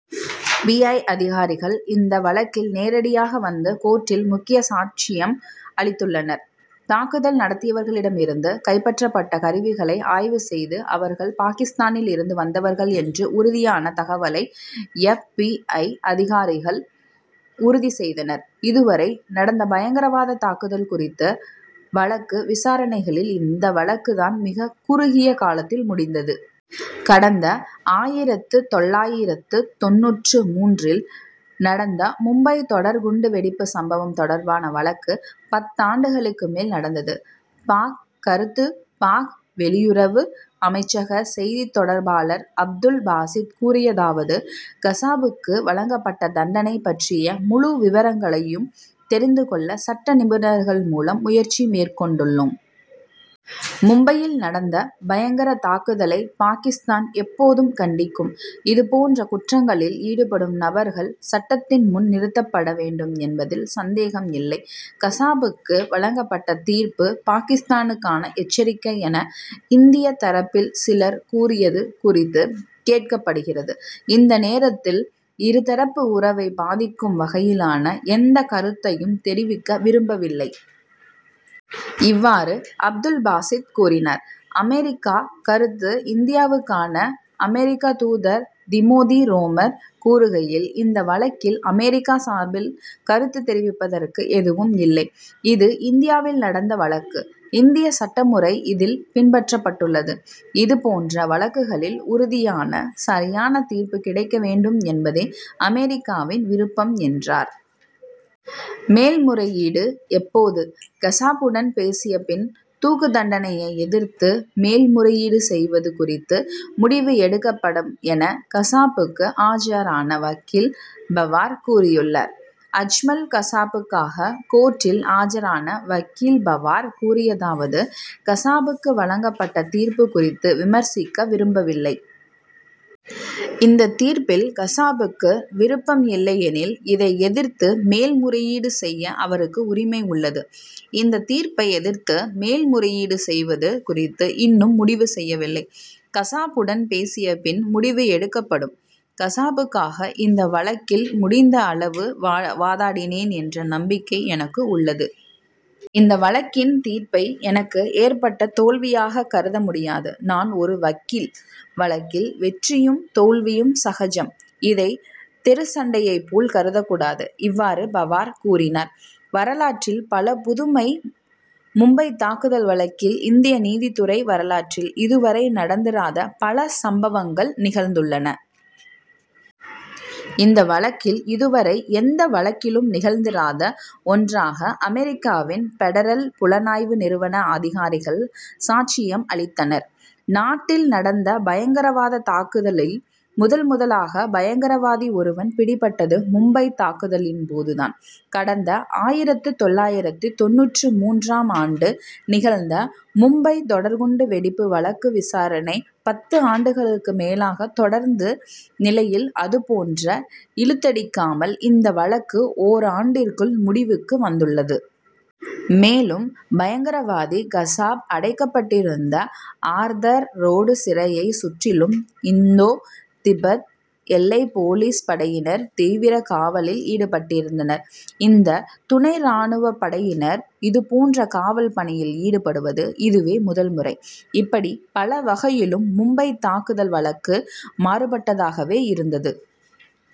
B. I. அதிகாரிகள் இந்த வழக்கில் நேரடியாக வந்து கோர்ட்டில் முக்கிய சாட்சியம் அளித்துள்ளனர். தாக்குதல் நடத்தியவர்களிடம் இருந்து கைப்பற்றப்பட்ட கருவிகளை ஆய்வு செய்து அவர்கள் பாகிஸ்தானில் இருந்து வந்தவர்கள் என்று உறுதியான தகவலை எப். பி. ஐ. அதிகாரிகள் உறுதி செய்தனர். இதுவரை நடந்த பயங்கரவாத தாக்குதல் குறித்த வழக்கு விசாரணைகளில் இந்த வழக்கு தான் மிகக் குறுகிய காலத்தில் முடிந்தது. கடந்த ஆயிரத்து தொள்ளாயிரத்து தொண்ணூற்று மூன்றில் நடந்த மும்பை தொடர் குண்டு வெடிப்பு சம்பவம் தொடர்பான வழக்கு பத்தாண்டுகளுக்கு மேல் நடந்தது. பாக். கருத்து பாக். வெளியுறவு அமைச்சக செய்தித் தொடர்பாளர் அப்துல் பாசித் கூறியதாவது கசாபுக்கு வழங்கப்பட்ட தண்டனை பற்றிய முழு விவரங்களையும் தெரிந்து கொள்ள சட்ட நிபுணர்கள் மூலம் முயற்சி மேற்கொண்டுள்ளோம். மும்பையில் நடந்த பயங்கர தாக்குதலை பாகிஸ்தான் எப்போதும் கண்டிக்கும். இதுபோன்ற குற்றங்களில் ஈடுபடும் நபர்கள் சட்டத்தின்முன் நிறுத்தப்பட வேண்டும் என்பதில் சந்தேகம் இல்லை. கசாப்புக்கு வழங்கப்பட்ட தீர்ப்பு பாகிஸ்தானுக்கான எச்சரிக்கை என இந்திய தரப்பில் சிலர் கூறியது குறித்து கேட்கப்படுகிறது. இந்த நேரத்தில் இரு தரப்பு உறவை பாதிக்கும் வகையிலான எந்த கருத்தையும் தெரிவிக்க விரும்பவில்லை. இவ்வாறு அப்துல் பாசித் கூறினார். அமெரிக்கா கருத்து இந்தியாவுக்கான அமெரிக்க தூதர் திமோதி ரோமர் கூறுகையில் இந்த வழக்கில் அமெரிக்கா சார்பில் கருத்து தெரிவிப்பதற்கு எதுவும் இல்லை. இது இந்தியாவில் நடந்த வழக்கு. இந்திய சட்டமுறை இதில் பின்பற்றப்பட்டுள்ளது. இதுபோன்ற வழக்குகளில் உறுதியான சரியான தீர்ப்பு கிடைக்க வேண்டும் என்பதே அமெரிக்காவின் விருப்பம் என்றார். மேல் முறையீடு எப்போது? கசாபுடன் பேசிய பின் தூக்குத் தண்டனையை எதிர்த்து மேல் முறையீடு செய்வது குறித்து முடிவு எடுக்கப்படும் என கசாபுக்காக ஆஜரான வக்கீல் பவார் கூறியுள்ளார். அஜ்மல் கசாபுக்காக கோர்ட்டில் ஆஜரான வக்கீல் பவார் கூறியதாவது கசாபுக்கு வழங்கப்பட்ட தீர்ப்பு குறித்து விமர்சிக்க விரும்பவில்லை. இந்த தீர்ப்பில் கசாபுக்கு விருப்பம் இல்லையெனில் இதை எதிர்த்து மேல் முறையீடு செய்ய அவருக்கு உரிமை உள்ளது. இந்த தீர்ப்பை எதிர்த்து மேல் முறையீடு செய்வது குறித்து இன்னும் முடிவு செய்யவில்லை. கசாபுடன் பேசிய பின் முடிவு எடுக்கப்படும். கசாபுக்காக இந்த வழக்கில் முடிந்த அளவு வாதாடினேன் என்ற நம்பிக்கை எனக்கு உள்ளது. இந்த வழக்கின் தீர்ப்பை எனக்கு ஏற்பட்ட தோல்வியாகக் கருத முடியாது. நான் ஒரு வக்கீல். வழக்கில் வெற்றியும் தோல்வியும் சகஜம். இதை தெரு சண்டையைப் போல் கருதக்கூடாது. இவ்வாறு பவார் கூறினார். வரலாற்றில் பல புதுமை மும்பைத் தாக்குதல் வழக்கில் இந்திய நீதித்துறை வரலாற்றில் இதுவரை நடந்திராத பல சம்பவங்கள் நிகழ்ந்துள்ளன. இந்த வழக்கில் இதுவரை எந்த வழக்கிலும் நிகழ்ந்திராத ஒன்றாக அமெரிக்காவின் பெடரல் புலனாய்வு நிறுவன அதிகாரிகள் சாட்சியம் அளித்தனர். நாட்டில் நடந்த பயங்கரவாத தாக்குதல்களில் முதல்முதலாக பயங்கரவாதி ஒருவன் பிடிபட்டது மும்பைத் தாக்குதலின் போதுதான். கடந்த ஆயிரத்து தொள்ளாயிரத்து தொண்ணூற்று மூன்றாம் ஆண்டு நிகழ்ந்த மும்பை தொடர் குண்டு வெடிப்பு வழக்கு விசாரணை பத்து ஆண்டுகளுக்கு மேலாக தொடர்ந்த நிலையில் அதுபோன்று இழுத்தடிக்காமல் இந்த வழக்கு ஓராண்டிற்குள் முடிவுக்கு வந்துள்ளது. மேலும் பயங்கரவாதி கசாப் அடைக்கப்பட்டிருந்த ஆர்தர் ரோடு சிறையைச் சுற்றிலும் இந்தோ திபெத் எல்லைப் போலீஸ் படையினர் தீவிர காவலில் ஈடுபட்டிருந்தனர். இந்த துணை ராணுவப் படையினர் இதுபோன்ற காவல் பணியில் ஈடுபடுவது இதுவே முதல் முறை. இப்படி பல வகையிலும் மும்பைத் தாக்குதல் வழக்கு மாறுபட்டதாகவே இருந்தது